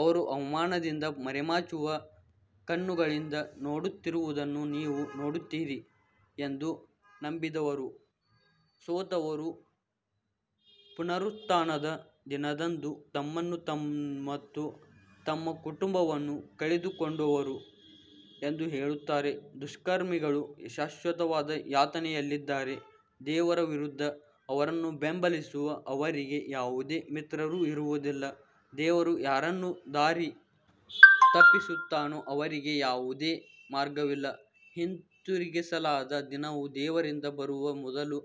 ಅವರು ಅವಮಾನದಿಂದ ಮರೆಮಾಚುವ ಕಣ್ಣುಗಳಿಂದ ನೋಡುತ್ತಿರುವುದನ್ನು ನೀವು ನೋಡುತ್ತೀರಿ ಎಂದು ನಂಬಿದವರು ಸೋತವರು ಪುನರುತ್ಥಾನದ ದಿನದಂದು ತಮ್ಮನ್ನು ಮತ್ತು ತಮ್ಮ ಕುಟುಂಬವನ್ನು ಕಳೆದುಕೊಂಡವರು ಎಂದು ಹೇಳುತ್ತಾರೆ, ದುಷ್ಕರ್ಮಿಗಳು ಶಾಶ್ವತವಾದ ಯಾತನೆಯಲ್ಲಿದ್ದಾರೆ. ದೇವರ ವಿರುದ್ಧ ಅವರನ್ನು ಬೆಂಬಲಿಸಲು ಅವರಿಗೆ ಯಾವುದೇ ಮಿತ್ರರು ಇರುವುದಿಲ್ಲ, ದೇವರು ಯಾರನ್ನು ದಾರಿ ತಪ್ಪಿಸುತ್ತಾನೋ ಅವರಿಗೆ ಯಾವುದೇ ಮಾರ್ಗವಿಲ್ಲ ಹಿಂತಿರುಗಿಸಲಾಗದ ದಿನವು ದೇವರಿಂದ ಬರುವ ಮೊದಲು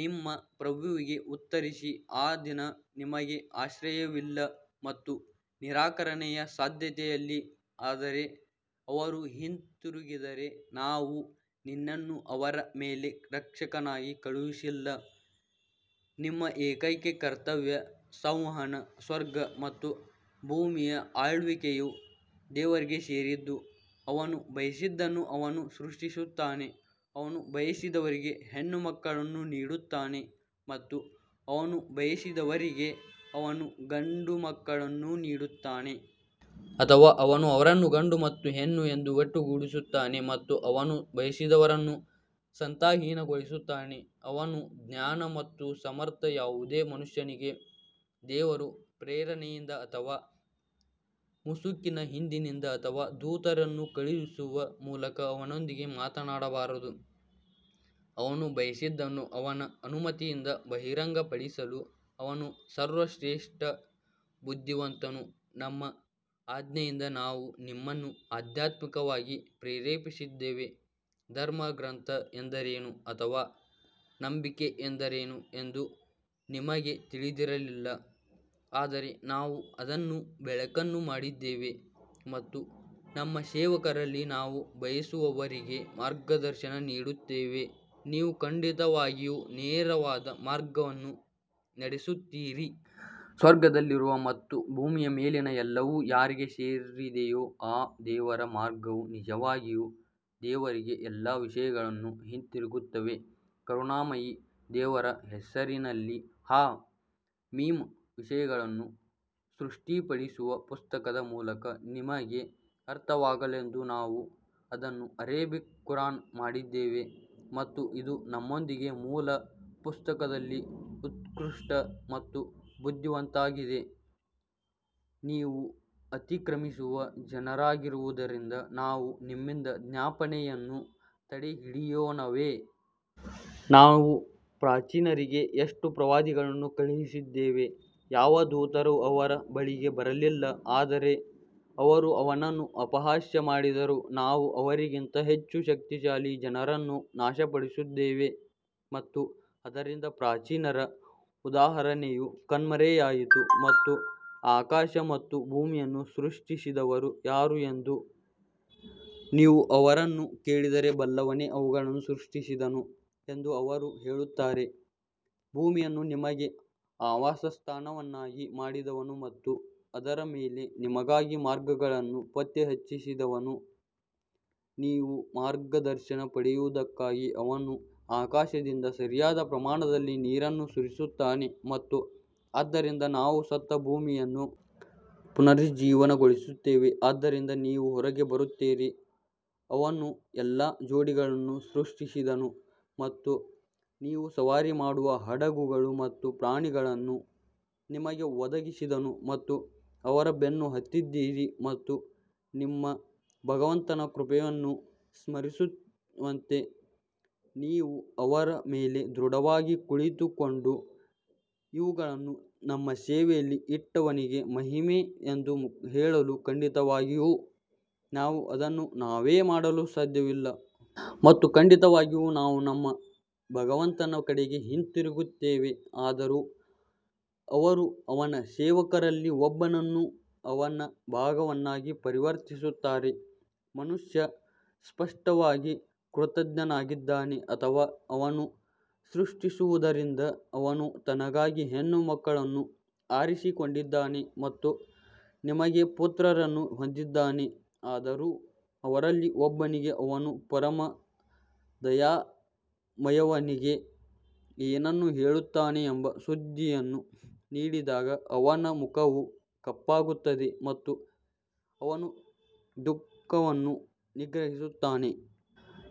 ನಿಮ್ಮ ಪ್ರಭುವಿಗೆ ಉತ್ತರಿಸಿ ಆ ದಿನ ನಿಮಗೆ ಆಶ್ರಯವಿಲ್ಲ ಮತ್ತು ನಿರಾಕರಣೆಯ ಸಾಧ್ಯತೆಯಿಲ್ಲ ಆದರೆ ಅವರು ತಿರುಗಿದರೆ ನಾವು ನಿಮ್ಮನ್ನು ಅವರ ಮೇಲೆ ರಕ್ಷಕನಾಗಿ ಕಳುಹಿಸಲಿಲ್ಲ ನಿಮ್ಮ ಏಕೈಕ ಕರ್ತವ್ಯ ಸಂವಹನ ಸ್ವರ್ಗ ಮತ್ತು ಭೂಮಿಯ ಆಳ್ವಿಕೆಯು ದೇವರಿಗೆ ಸೇರಿದ್ದು, ಅವನು ಬಯಸಿದ್ದನ್ನು ಅವನು ಸೃಷ್ಟಿಸುತ್ತಾನೆ, ಅವನು ಬಯಸಿದವರಿಗೆ ಹೆಣ್ಣುಮಕ್ಕಳನ್ನು ನೀಡುತ್ತಾನೆ ಮತ್ತು ಅವನು ಬಯಸಿದವರಿಗೆ ಅವನು ಗಂಡುಮಕ್ಕಳನ್ನು ನೀಡುತ್ತಾನೆ. ಅಥವಾ ಅವನು ಅವರನ್ನು ಗಂಡು ಮತ್ತು ಹೆಣ್ಣು ಎಂದು ಒಟ್ಟುಗೂಡಿಸುತ್ತಾನೆ ಮತ್ತು ಅವನು ಬಯಸಿದವರನ್ನು ಸಂತಾನಹೀನಗೊಳಿಸುತ್ತಾನೆ ಅವನು ಜ್ಞಾನ ಮತ್ತು ಸಮರ್ಥ ಯಾವುದೇ ಮನುಷ್ಯನಿಗೆ ದೇವರು ಪ್ರೇರಣೆಯಿಂದ ಅಥವಾ ಮುಸುಕಿನ ಹಿಂದಿನಿಂದ ಅಥವಾ ದೂತರನ್ನು ಕಳುಹಿಸುವ ಮೂಲಕ ಅವನೊಂದಿಗೆ ಮಾತನಾಡಬಾರದು, ಅವನು ಬಯಸಿದ್ದನ್ನು ಅವನ ಅನುಮತಿಯಿಂದ ಬಹಿರಂಗಪಡಿಸಲು ಅವನು ಸರ್ವಶ್ರೇಷ್ಠ ಬುದ್ಧಿವಂತನು ನಮ್ಮ ಆಜ್ಞೆಯಿಂದ ನಾವು ನಿಮ್ಮನ್ನು ಆಧ್ಯಾತ್ಮಿಕವಾಗಿ ಪ್ರೇರೇಪಿಸಿದ್ದೇವೆ, ಧರ್ಮಗ್ರಂಥ ಎಂದರೇನು ಅಥವಾ ನಂಬಿಕೆ ಎಂದರೇನು ಎಂದು ನಿಮಗೆ ತಿಳಿದಿರಲಿಲ್ಲ ಆದರೆ ನಾವು ಅದನ್ನು ಬೆಳಕನ್ನು ಮಾಡಿದ್ದೇವೆ ಮತ್ತು ನಮ್ಮ ಸೇವಕರಲ್ಲಿ ನಾವು ಬಯಸುವವರಿಗೆ ಮಾರ್ಗದರ್ಶನ ನೀಡುತ್ತೇವೆ, ನೀವು ಖಂಡಿತವಾಗಿಯೂ ನೇರವಾದ ಮಾರ್ಗವನ್ನು ನಡೆಸುತ್ತೀರಿ. ಸ್ವರ್ಗದಲ್ಲಿರುವ ಮತ್ತು ಭೂಮಿಯ ಮೇಲಿನ ಎಲ್ಲವೂ ಯಾರಿಗೆ ಸೇರಿದೆಯೋ ಆ ದೇವರ ಮಾರ್ಗವು ನಿಜವಾಗಿಯೂ ದೇವರಿಗೆ ಎಲ್ಲಾ ವಿಷಯಗಳು ಹಿಂತಿರುಗುತ್ತವೆ ಕರುಣಾಮಯಿ ದೇವರ ಹೆಸರಿನಲ್ಲಿ ಹಾ ಮೀಮ್ ವಿಷಯಗಳನ್ನು ಸ್ಪಷ್ಟಪಡಿಸುವ ಪುಸ್ತಕದ ಮೂಲಕ ನಿಮಗೆ ಅರ್ಥವಾಗಲೆಂದು ನಾವು ಅದನ್ನು ಅರೇಬಿಕ್ ಖುರಾನ್ ಮಾಡಿದ್ದೇವೆ ಮತ್ತು ಇದು ನಮ್ಮೊಂದಿಗೆ ಮೂಲ ಪುಸ್ತಕದಲ್ಲಿ ಉತ್ಕೃಷ್ಟ ಮತ್ತು ಬುದ್ಧಿವಂತವಾಗಿದೆ ನೀವು ಅತಿಕ್ರಮಿಸುವ ಜನರಾಗಿರುವುದರಿಂದ ನಾವು ನಿಮ್ಮಿಂದ ಜ್ಞಾಪನೆಯನ್ನು ತಡೆಹಿಡಿಯೋಣವೇ? ನಾವು ಪ್ರಾಚೀನರಿಗೆ ಎಷ್ಟು ಪ್ರವಾದಿಗಳನ್ನು ಕಳುಹಿಸಿದ್ದೇವೆ ಯಾವ ದೂತರೂ ಅವರ ಬಳಿಗೆ ಬರಲಿಲ್ಲ ಆದರೆ ಅವರು ಅವನನ್ನು ಅಪಹಾಸ್ಯ ಮಾಡಿದರು ನಾವು ಅವರಿಗಿಂತ ಹೆಚ್ಚು ಶಕ್ತಿಶಾಲಿ ಜನರನ್ನು ನಾಶಪಡಿಸಿದ್ದೇವೆ ಮತ್ತು ಆದ್ದರಿಂದ ಪ್ರಾಚೀನರ ಉದಾಹರಣೆಯು ಕಣ್ಮರೆಯಾಯಿತು ಮತ್ತು ಆಕಾಶ ಮತ್ತು ಭೂಮಿಯನ್ನು ಸೃಷ್ಟಿಸಿದವರು ಯಾರು ಎಂದು ನೀವು ಅವರನ್ನು ಕೇಳಿದರೆ, ಬಲ್ಲವನೇ ಅವುಗಳನ್ನು ಸೃಷ್ಟಿಸಿದನು ಎಂದು ಅವರು ಹೇಳುತ್ತಾರೆ ಭೂಮಿಯನ್ನು ನಿಮಗೆ ಆವಾಸಸ್ಥಾನವನ್ನಾಗಿ ಮಾಡಿದವನು ಮತ್ತು ಅದರ ಮೇಲೆ ನಿಮಗಾಗಿ ಮಾರ್ಗಗಳನ್ನು ಪತ್ತೆಹಚ್ಚಿದವನು ನೀವು ಮಾರ್ಗದರ್ಶನ ಪಡೆಯುವುದಕ್ಕಾಗಿ ಅವನು ಆಕಾಶದಿಂದ ಸರಿಯಾದ ಪ್ರಮಾಣದಲ್ಲಿ ನೀರನ್ನು ಸುರಿಸುತ್ತಾನೆ ಮತ್ತು ಆದ್ದರಿಂದ ನಾವು ಸತ್ತ ಭೂಮಿಯನ್ನು ಪುನರುಜ್ಜೀವನಗೊಳಿಸುತ್ತೇವೆ ಆದ್ದರಿಂದ ನೀವು ಹೊರಗೆ ಬರುತ್ತೀರಿ ಅವನು ಎಲ್ಲಾ ಜೋಡಿಗಳನ್ನು ಸೃಷ್ಟಿಸಿದನು ಮತ್ತು ನೀವು ಸವಾರಿ ಮಾಡುವ ಹಡಗುಗಳು ಮತ್ತು ಪ್ರಾಣಿಗಳನ್ನು ನಿಮಗೆ ಒದಗಿಸಿದನು ನೀವು ಅವರ ಬೆನ್ನು ಹತ್ತಿದಿರಿ ಮತ್ತು ನಿಮ್ಮ ಭಗವಂತನ ಕೃಪೆಯನ್ನು ಸ್ಮರಿಸುವಂತೆ ನೀವು ಅವರ ಮೇಲೆ ದೃಢವಾಗಿ ಕುಳಿತುಕೊಂಡು, ಇವುಗಳನ್ನು ನಮ್ಮ ಸೇವೆಯಲ್ಲಿ ಇಟ್ಟವನಿಗೆ ಮಹಿಮೆ ಎಂದು ಹೇಳಲು ಖಂಡಿತವಾಗಿಯೂ ನಾವು ಅದನ್ನು ನಾವೇ ಮಾಡಲು ಸಾಧ್ಯವಿಲ್ಲ. ಮತ್ತು ಖಂಡಿತವಾಗಿಯೂ ನಾವು ನಮ್ಮ ಭಗವಂತನ ಕಡೆಗೆ ಹಿಂತಿರುಗುತ್ತೇವೆ ಆದರೂ ಅವರು ಅವನ ಸೇವಕರಲ್ಲಿ ಒಬ್ಬನನ್ನು ಅವನ ಭಾಗವಾಗಿ ಪರಿವರ್ತಿಸುತ್ತಾರೆ, ಮನುಷ್ಯ ಸ್ಪಷ್ಟವಾಗಿ ಕೃತಘ್ನನಾಗಿದ್ದಾನೆ ಅಥವಾ ಅವನು ಸೃಷ್ಟಿಸುವದರಿಂದ ಅವನು ತನಗಾಗಿ ಹೆಣ್ಣುಮಕ್ಕಳನ್ನು ಆರಿಸಿಕೊಂಡಿದ್ದಾನೆ ಮತ್ತು ನಿಮಗೆ ಪುತ್ರರನ್ನು ಹೊಂದಿದ್ದಾನೆ ಆದರೂ ಅವರಲ್ಲಿ ಒಬ್ಬನಿಗೆ ಅವನು ಪರಮ ದಯಾಮಯನಿಗೆ ಏನನ್ನು ಹೇಳುತ್ತಾನೆ ಎಂಬ ಸುದ್ದಿಯನ್ನು ನೀಡಿದಾಗ ಅವನ ಮುಖವು ಕಪ್ಪಾಗುತ್ತದೆ ಮತ್ತು ಅವನು ದುಃಖವನ್ನು ನಿಗ್ರಹಿಸುತ್ತಾನೆ.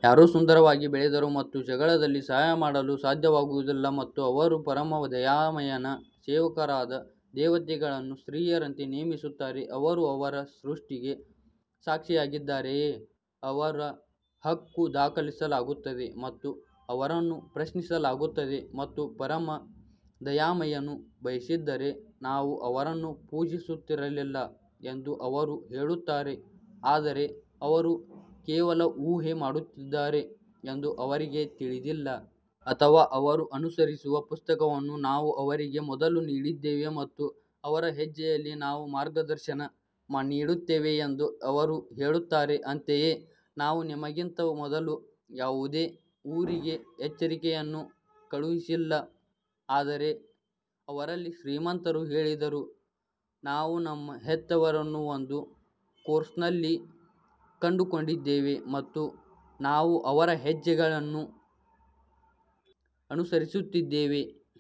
ಯಾರೋ ಸುಂದರವಾಗಿ ಬೆಳೆದರು ಮತ್ತು ಜಗಳದಲ್ಲಿ ಸಹಾಯ ಮಾಡಲು ಸಾಧ್ಯವಾಗುವುದಿಲ್ಲ ಮತ್ತು ಅವರು ಪರಮ ದಯಾಮಯನ ಸೇವಕರಾದ ದೇವತೆಗಳನ್ನು ಸ್ತ್ರೀಯರಂತೆ ನೇಮಿಸುತ್ತಾರೆ ಅವರು ಅವರ ಸೃಷ್ಟಿಗೆ ಸಾಕ್ಷಿಯಾಗಿದ್ದಾರೆಯೇ ಅವರ ಹಕ್ಕು ದಾಖಲಿಸಲಾಗುತ್ತದೆ ಮತ್ತು ಅವರನ್ನು ಪ್ರಶ್ನಿಸಲಾಗುತ್ತದೆ. ಮತ್ತು ಪರಮ ದಯಾಮಯನು ಬಯಸಿದ್ದರೆ ನಾವು ಅವರನ್ನು ಪೂಜಿಸುತ್ತಿರಲಿಲ್ಲ ಎಂದು ಅವರು ಹೇಳುತ್ತಾರೆ ಆದರೆ ಅವರು ಕೇವಲ ಊಹೆ ಮಾಡುತ್ತಿದ್ದಾರೆ ಎಂದು ಅವರಿಗೆ ತಿಳಿದಿಲ್ಲ. ಅಥವಾ ಅವರು ಅನುಸರಿಸುವ ಪುಸ್ತಕವನ್ನು ನಾವು ಅವರಿಗೆ ಮೊದಲು ನೀಡಿದ್ದೇವೆ ಮತ್ತು ಅವರ ಹೆಜ್ಜೆಯಲ್ಲಿ ನಾವು ಮಾರ್ಗದರ್ಶನ ನೀಡುತ್ತೇವೆ ಎಂದು ಅವರು ಹೇಳುತ್ತಾರೆ ಅಂತೆಯೇ ನಾವು ನಿಮಗಿಂತ ಮೊದಲು ಯಾವುದೇ ಊರಿಗೆ ಎಚ್ಚರಿಕೆಯನ್ನು ಕಳುಹಿಸಿಲ್ಲ ಆದರೆ ಅವರಲ್ಲಿ ಶ್ರೀಮಂತರು ಹೇಳಿದರು, ನಾವು ನಮ್ಮ ಹೆತ್ತವರನ್ನು ಒಂದು ಕೋರ್ಸ್ನಲ್ಲಿ ಕಂಡುಕೊಂಡಿದ್ದೇವೆ ಮತ್ತು ನಾವು ಅವರ ಹೆಜ್ಜೆಗಳನ್ನು ಅನುಸರಿಸುತ್ತಿದ್ದೇವೆ.